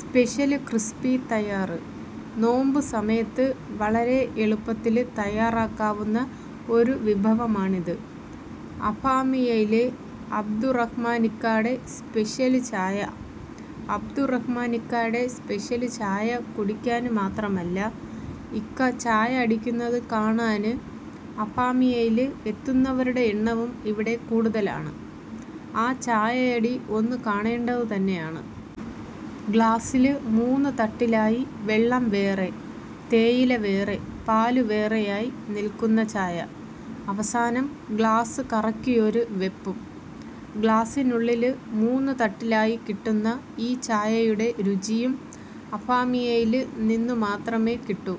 Special crispy തയ്യാര്. നോമ്പ് സമയത്ത് വളരെ എളുപ്പത്തില് തയ്യാറാക്കാവുന്ന ഒരു വിഭവമാണിത്. അഫാമിയയിലെ അബ്ദുറഹ്മാനിക്കാടെ സ്പെഷ്യല് ചായ അബ്ദു റഹ്മാനിക്കാടെ സ്പെഷ്യല് ചായ കുടിക്കാന് മാത്രമല്ല ഇക്ക ചായ അടിക്കുന്നത് കാണാന് അഫാമിയയില് എത്തുന്നവരുടെ എണ്ണവും ഇവിടെ കൂടുതലാണ്. ആ ചായയടി ഒന്നു കാണേണ്ടതു തന്നെയാണ്. ഗ്ലാസ്സില് മൂന്നു തട്ടിലായി വെള്ളം വേറെ, തേയില വേറെ, പാലു വേറെയായി നില്ക്കുന്ന ചായ. അവസാനം ഗ്ലാസ് കറക്കിയൊരു വെപ്പും. ഗ്ലാസിനുള്ളില് മൂന്നുതട്ടിലായി കിട്ടുന്ന ഈ ചായയുടെ രുചിയും അഫാമിയയില് നിന്നു മാത്രമേ കിട്ടൂ.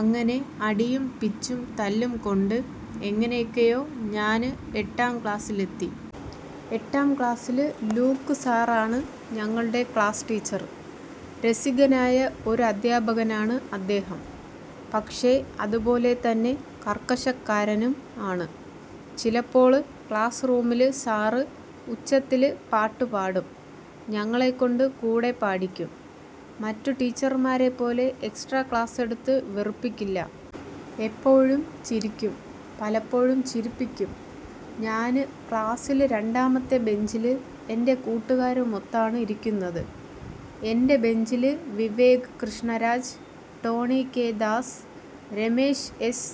അങ്ങനെ അടിയും പിച്ചും തല്ലും കൊണ്ട് എങ്ങനെയൊക്കെയോ ഞാന് എട്ടാം ക്ലാസ്സില് എത്തി. എട്ടാം ക്ലാസ്സില് ലൂക്ക് സാര് ആണ് ഞങ്ങളുടെ ക്ലാസ് ടീച്ചര്. രസികനായ ഒരു അധ്യാപകനാണ് അദ്ദേഹം. പക്ഷെ അതുപോലെ തന്നെ കര്ക്കശക്കാരനും ആണ്. ചിലപ്പോള് ക്ലാസ് റൂമില് സാര് ഉച്ചത്തില് പാട്ട് പാടും, ഞങ്ങളെ കൊണ്ട് കൂടെ പാടിക്കും. മറ്റു ടീച്ചര്മാരെ പോലെ എക്സ്ട്രാ ക്ലാസ് എടുത്ത് വെറുപ്പിക്കില്ല. എപ്പോഴും ചിരിക്കും. പലപ്പോഴും ചിരിപ്പിക്കും. ഞാന് ക്ലാസ്സില് രണ്ടാമത്തെ ബെഞ്ചില് എന്റെ കൂട്ടുകാരുമൊത്താണ് ഇരിക്കുന്നത്. എന്റെ ബെഞ്ചില് Vivek Krishnaraj, Tony K. Das, Ramesh S.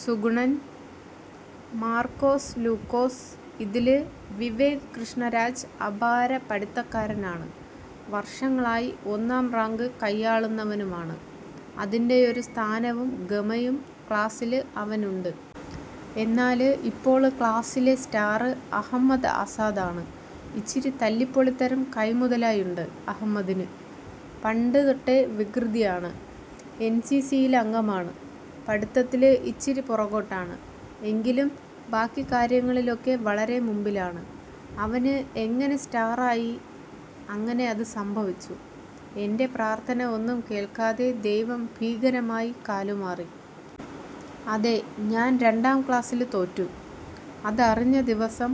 Sugunan, Markose Lukose. ഇതില് വിവേക് കൃഷ്ണരാജ് അപാര പഠിത്തക്കാരനാണ്. വര്ഷങ്ങളായി ഒന്നാം റാങ്ക് കയ്യാള്ളുന്നവനുമാണ്. അതിന്റെയൊരു സ്ഥാനവും ഗമയും ക്ലാസ്സില് അവനുണ്ട്. എന്നാല് ഇപ്പോള് ക്ലാസ്സിലെ സ്റ്റാര് അഹമ്മദ് ആസാദ് ആണ്. ഇച്ചിരി തല്ലിപൊളിത്തരം കൈമുതലായുണ്ട് അഹമ്മദിന്. പണ്ട് തൊട്ടേ വികൃതിയാണ്. എന്സിസിയില് അംഗമാണ്. പഠിത്തത്തില് ഇച്ചിരി പുറകോട്ടാണ് എങ്കിലും ബാക്കി കാര്യങ്ങളിലൊക്കെ വളരെ മുമ്പിലാണ്. അവന് എങ്ങനെ സ്റ്റാര് ആയി. അങ്ങനെ അത് സംഭവിച്ചു. എന്റെ പ്രാര്ത്ഥന ഒന്നും കേള്ക്കാതെ ദൈവം ഭീകരമായി കാലുമാറി. അതെ. ഞാന് രണ്ടാം ക്ലാസ്സില് തോറ്റു. അതറിഞ്ഞ ദിവസം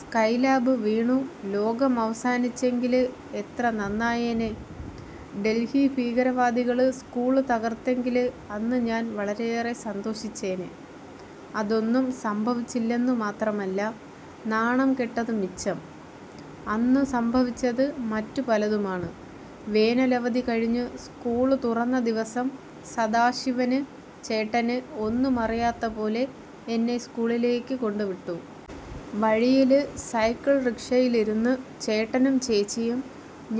സ്കൈലാബ് വീണു ലോകം അവസാനിച്ചെങ്കില് എത്ര നന്നായേനെ. ഡല്ഹി ഭീകരവാദികള് സ്കൂള് തകര്ത്തെങ്കില് അന്ന് ഞാന് വളരെയേറെ സന്തോഷിച്ചേനെ. അതൊന്നും സംഭവിച്ചില്ലെന്നു മാത്രമല്ല നാണംകെട്ടത് മിച്ചം. അന്നു സംഭവിച്ചത് മറ്റു പലതുമാണ്. വേനല് അവധി കഴിഞ്ഞു സ്കൂള് തുറന്ന ദിവസം സദാശിവന് ചേട്ടന് ഒന്നുമറിയാത്ത പോലെ എന്നെ സ്കൂളില് കൊണ്ട് വിട്ടു. വഴിയില് സൈക്കിള് റിക്ഷയില് ഇരുന്നു ചേട്ടനും ചേച്ചിയും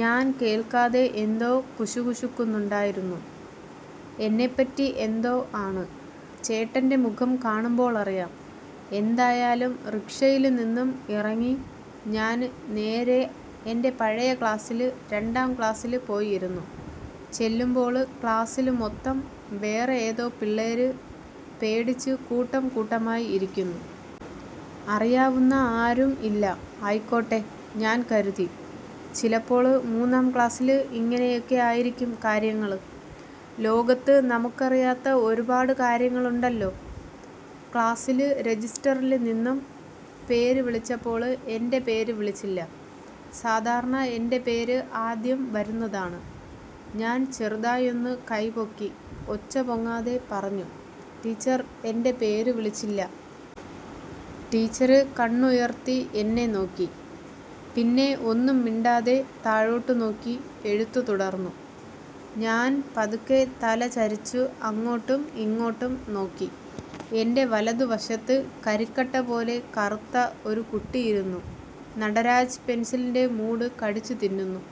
ഞാന് കേള്ക്കാതെ എന്തോ കുശുകുശുക്കുന്നുണ്ടായിരുന്നു. എന്നെപ്പറ്റി എന്തോ ആണ്. ചേട്ടന്റെ മുഖം കാണുമ്പോള് അറിയാം. എന്തായാലും റിക്ഷയില് നിന്നും ഇറങ്ങി ഞാന് നേരെ എന്റെ പഴയ ക്ലാസ്സില് രണ്ടാം ക്ലാസ്സില് പോയി ഇരുന്നു. ചെല്ലുമ്പോള് ക്ലാസ്സില് മൊത്തം വേറെ ഏതോ പിള്ളേര് പേടിച്ചു കൂട്ടം കൂട്ടമായി ഇരിക്കുന്നു. അറിയാവുന്ന ആരും ഇല്ല. ആയിക്കോട്ടെ, ഞാന് കരുതി. ചിലപ്പോള് മൂന്നാം ക്ലാസ്സില് ഇങ്ങനെയൊക്കെ ആയിരിക്കും കാര്യങ്ങള്. ലോകത്ത് നമ്മുക്കറിയാത്ത ഒരുപാടു കാര്യങ്ങള് ഉണ്ടല്ലോ. ക്ലാസ്സില് രെജിസ്റ്ററില് നിന്നും പേര് വിളിച്ചപ്പോള് എന്റെ പേര് വിളിച്ചില്ല. സാധാരണ എന്റെ പേര് ആദ്യം വരുന്നതാണ്. ഞാന് ചെറുതായൊന്നു കൈ പൊക്കി ഒച്ച പൊങ്ങാതെ പറഞ്ഞു,'ടീച്ചര് എന്റെ പേരു വിളിച്ചില്ല. ' ടീച്ചര് കണ്ണുയര്ത്തി എന്നെ നോക്കി. പിന്നെ ഒന്നും മിണ്ടാതെ താഴോട്ടു നോക്കി എഴുത്ത് തുടര്ന്നു. ഞാന് പതുക്കെ തല ചരിച്ചു അങ്ങോട്ടും ഇങ്ങോട്ടും നോക്കി. എന്റെ വലതു വശത്ത് കരിക്കട്ട പോലെ കറുത്ത ഒരു കുട്ടി ഇരുന്നു നടരാജ് പെന്സിലിന്റെ മൂട് കടിച്ചു തിന്നുന്നു.